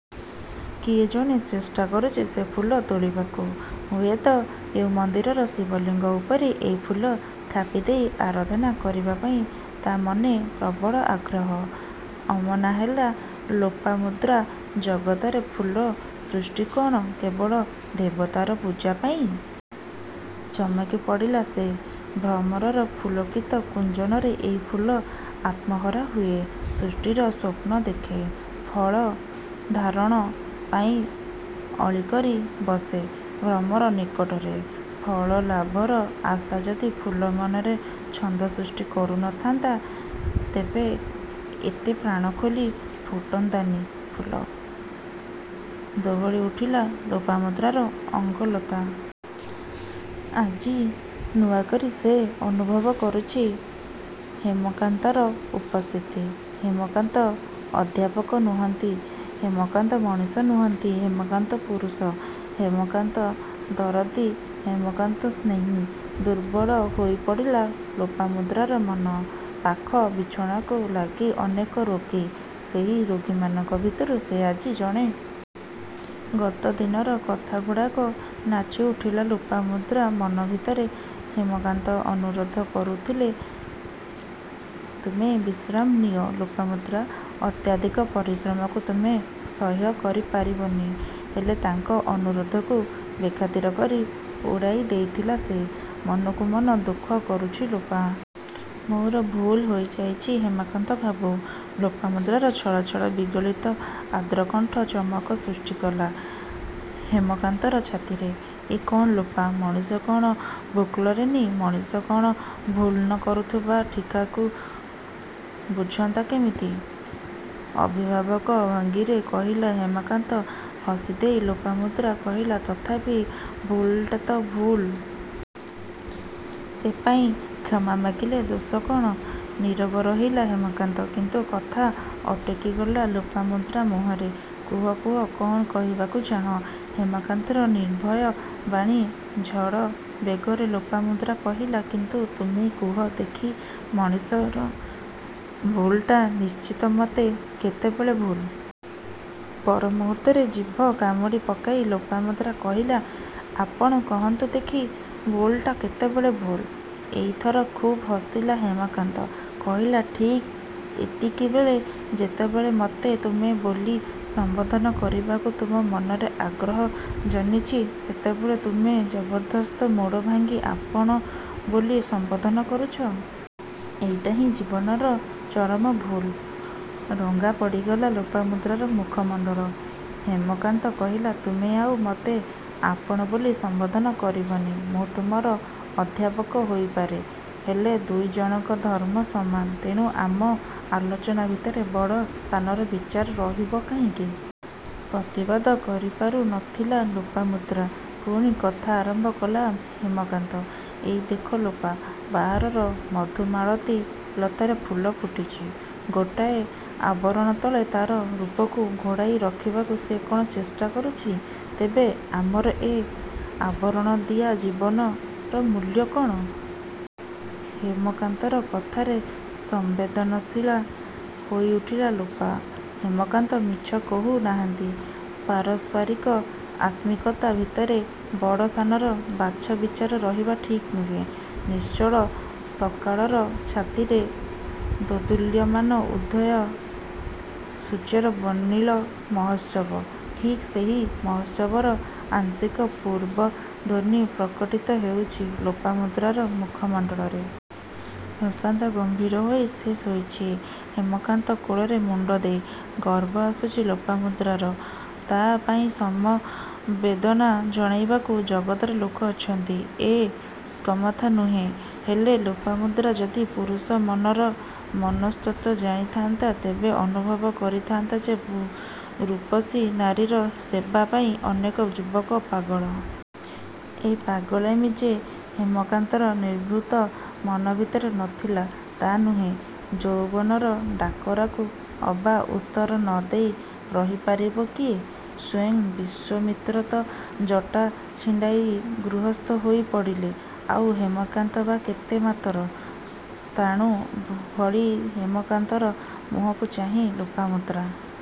କିଏ ଜଣେ ଚେଷ୍ଟାକରୁଛି ସେ ଫୁଲ ତୋଳିବାକୁ। ହୁଏତ କେଉଁ ମନ୍ଦିରର ଶିବଲିଙ୍ଗ ଉପରେ ଏଇ ଫୁଲ ଥାପି ଦେଇ ଆରାଧନା କରିବା ପାଇଁ ତା' ମନେ ପ୍ରବଳ ଆଗ୍ରହ। ଅମନା ହେଲା ଲୋପାମୁଦ୍ରା। ଜଗତରେ ଫୁଲ ସୃଷ୍ଟି କ'ଣ କେବଳ ଦେବତାର ପୂଜା ପାଇଁ? ଚମକି ପଡ଼ିଲା ସେ। ଭ୍ରମରର ପୁଲକିତ ଗୁଞ୍ଜନରେ ଏଇ ଫୁଲ ଆତ୍ମହରା ହୁଏ। ସୃଷ୍ଟିର ସ୍ୱପ୍ନ ଦେଖେ। ଫଳ ଧାରଣ ପାଇଁ ଅଳିକରି ବସେ ଭ୍ରମର ନିକଟରେ। ଫଳଲାଭର ଆଶା ଯଦି ଫୁଲ ମନରେ ଛନ୍ଦ ସୃଷ୍ଟି କରୁ ନ ଥାନ୍ତା.. ତେବେ ଏତେ ପ୍ରାଣ ଖୋଲି ଫୁଟନ୍ତାନି ଫୁଲ ଦୋହଲି ଉଠିଲା ଲୋପାମୁଦ୍ରାର ଅଙ୍ଗଲତା। ଆଜି ନୂଆକରି ସେ ଅନୁଭବ କରୁଛି ହେମକାନ୍ତର ଉପସ୍ଥିତି। ହେମକାନ୍ତ ଅଧ୍ୟାପକ ନୁହଁନ୍ତି, ହେମକାନ୍ତ ମଣିଷ ନୁହଁନ୍ତି, ହେମକାନ୍ତ ପୁରୁଷ, ହେମକାନ୍ତ ଦରଦୀ, ହେମକାନ୍ତ ସ୍ନେହୀ। ଦୁର୍ବଳ ହୋଇପଡ଼ିଲା ଲୋପାମୁଦ୍ରାର ମନ। ପାଖ ବିଛଣାକୁ ଲାଗି ଅନେକ ରୋଗୀ। ସେହି ରୋଗୀମାନଙ୍କ ଭିତରୁ ସେ ଆଜି ଜଣେ। ଗତ ଦିନର କଥାଗୁଡ଼ାକ ନାଚିଉଠିଲା ଲୋପାମୁଦ୍ରା ମନ ଭିତରେ। ହେମକାନ୍ତ ଅନୁରୋଧ କରୁଥିଲେ—''ତୁମେ ବିଶ୍ରାମ ନିଅ ଲୋପାମୁଦ୍ରା। ଅତ୍ୟଧିକ ପରିଶ୍ରମକୁ ତୁମେ ସହ୍ୟ କରି ପାରିବନି। '' ହେଲେ ତାଙ୍କ ଅନୁରୋଧକୁ ବେଖାତିର କରି ଉଡ଼ାଇ ହେଇଥିଲା ସେ। ମନକୁ ମନ ଦୁଃଖ କରୁଛି ଲୋପା। ''ମୋର ଭୁଲ୍ ହୋଇଯାଇଛି ହେମକାନ୍ତ ବାବୁ। '' ଲୋପାମୁଦ୍ରାର ଛଳ ଛଳ ବିଗଳିତ ଆର୍ଦ୍ରକଣ୍ଠ ଚମକ ସୃଷ୍ଟିକଲା ହେମକାନ୍ତର ଛାତିରେ। ''ଏ କ'ଣ ଲୋପା? ମଣିଷ କ'ଣ ଭୁଲ୍କରେନି, ମଣିଷ ଭୁଲ୍ନ କରୁଥିବା ଠିକ୍ଟାକୁ ବୁଝନ୍ତା କେମିତି! '' ଅଭିଭାବକ ଭଙ୍ଗୀରେ କହିଲା ହେମକାନ୍ତ। ହସି ଦେଇ ଲୋପାମୁଦ୍ରା କହିଲା—''ତଥାପି ଭୁଲ୍ଟା ତ ଭୁଲ୍? ସେ ପାଇଁ କ୍ଷମାମାଗିଲେ ଦୋଷ କ'ଣ? '' ନୀରବ ରହିଲା ହେମକାନ୍ତ... ''କିନ୍ତୁ'' କଥା ଅଟକିଗଲା ଲୋପାମୁଦ୍ରା ମୁହଁରେ। ''କୁହ କୁହ... କ'ଣ କହିବାକୁ ଚାହଁ। '' ହେମକାନ୍ତର ନିର୍ଭୟ ବାଣୀ। ଝଡ଼ ବେଗରେ ଲୋପାମୁଦ୍ରା କହିଲା—''କିନ୍ତୁ ତୁମେ କୁହ ଦେଖି ମଣିଷର ଭୁଲଟା ନିଶ୍ଚିତମତେ କେତେବେଳେ ଭୁଲ୍। '' ପରମୁହୂର୍ତ୍ତରେ ଜିଭ କାମୁଡ଼ି ପକାଇ ଲୋପାମୁଦ୍ରା କହିଲା–''ଆପଣ କହନ୍ତୁ ଦେଖି ଭୁଲ୍ଟା କେତେବେଳେ ଭୁଲ୍। '' ଏଇଥର ଖୁବ୍ ହସିଲା ହେମକାନ୍ତ। କହିଲା—''ଠିକ୍ ଏତିକିବେଳେ। ଯେତେବେଳେ ମୋତେ 'ତୁମେ' ବୋଲି ସମ୍ବୋଧନ କରିବାକୁ ତୁମ ମନରେ ଆଗ୍ରହ ଜନ୍ମିଛି, ସେତେବେଳେ ତୁମେ ଜବରଦସ୍ତ ମୋଡ଼ ଭାଙ୍ଗି 'ଆପଣ' ବୋଲି ସମ୍ବୋଧନ କରୁଛ। ଏଇଟା ହିଁ ଜୀବନର ଚରମ ଭୁଲ୍। '' ରଙ୍ଗା ପଡ଼ିଗଲା ଲୋପାମୁଦ୍ରାର ମୁଖମଣ୍ତଳ। ହେମକାନ୍ତ କହିଲା—''ତୁମେ ଆଉ ମୋତେ ଆପଣ ବୋଲି ସମ୍ବୋଧନ କରିବନି। ମୁଁ ତୁମର ଅଧ୍ୟାପକ ହୋଇପାରେ। ହେଲେ ଦୁଇ ଜଣଙ୍କର ଧର୍ମ ସମାନ। ତେଣୁ ଆମ ଆଲୋଚନା ଭିତରେ ବଡ଼ ସାନର ବିଚାର ରହିବ କାହିଁକି? '' ପ୍ରତିବାଦ କରିପାରୁ ନ ଥିଲା ଲୋପାମୁଦ୍ରା ପୁଣି କଥା ଆରମ୍ଭ କଲା ହେମକାନ୍ତ—''ଏଇ ଦେଖ ଲୋପା! ବାହାରର ମଧୁମାଳତୀ ଲତାରେ ଫୁଲ ଫୁଟିଛି। ଗୋଟାଏ ଆବରଣ ତଳେ ତା'ର ରୂପକୁ ଘୋଡ଼ାଇ ରଖିବାକୁ ସେ କ'ଣ ଚେଷ୍ଟା କରୁଛି? ତେବେ ଆମର ଏ ଆବରଣଦିଆ ଜୀବନର ମୂଲ୍ୟ କ'ଣ? '' ହେମକାନ୍ତର କଥାରେ ସମ୍ବେଦନଶୀଳା ହୋଇଉଠିଲା ଲୋପା। ହେମକାନ୍ତ ମିଛ କହୁ ନାହାଁନ୍ତି। ପାରସ୍ପାରିକ ଆତ୍ମିକତା ଭିତରେ ବଡ଼ ସାନର ବାଛ ବିଚାର ରହିବା ଠିକ୍ ନୁହେଁ। ନିଶ୍ଚଳ ସକାଳର ଛାତିରେ ଦୋଦୁଲ୍ୟମାନ ଉଦୟ ସୂର୍ଯ୍ୟର ବର୍ଣ୍ଣିଳ ମହୋତ୍ସବ। ଠିକ୍ ସେହି ମହୋତ୍ସବର ଆଂଶିକ ପୂର୍ବଧ୍ୱନି ପ୍ରକଟିତ ହେଉଛି ଲୋପାମୁଦ୍ରାର ମୁଖମଣ୍ଡଳରେ। ପ୍ରଶାନ୍ତ, ଗମ୍ଭୀର ହୋଇ ସେ ଶୋଇଛି—ହେମକାନ୍ତ କୋଳରେ ମୁଣ୍ଡ ଦେଇ। ଗର୍ବ ଆସୁଛି ଲୋପାମୁଦ୍ରାର-। ତା' ପାଇଁ ସମବେଦନା ଜଣାଇବାକୁ ଜଗତରେ ଲୋକ ଅଛନ୍ତି... ଏ କମ୍କଥା ନୁହେଁ। ହେଲେ ଲୋପାମୁଦ୍ରା ଯଦି ପୁରୁଷ ମନର ମନସ୍ତତ୍ୱ ଜାଣିଥା'ନ୍ତା.. ତେବେ ଅନୁଭବ କରିଥାନ୍ତା ଯେ ରୂପସୀ ନାରୀର ସେବା ପାଇଁ ଅନେକ ଯୁବକ ପାଗଳ। ଏ ପାଗଳାମୀ ଯେ ହେମକାନ୍ତର ନିଭୃତ ମନ ଭିତରେ ନ ଥିଲା ତା' ନୁହେଁ। ଯୌବନର ଡାକରାକୁ ଅବା ଉତ୍ତର ନ ଦେଇ ରହି ପାରିବ କିଏ? ସ୍ୱୟଂ ବିଶ୍ୱାମିତ୍ର ତ' ଜଟା ଛିଣ୍ଡାଇ ଗୃହସ୍ଥ ହୋଇ ପଡ଼ିଲେ—ଆଉ ହେମକାନ୍ତ ବା କେତେ ମାତର। ସ୍ଥାଣୁ ଭଳି ହେମକାନ୍ତର ମୁହଁକୁ ଚାହିଁଛି ଲୋପାମୁଦ୍ରା।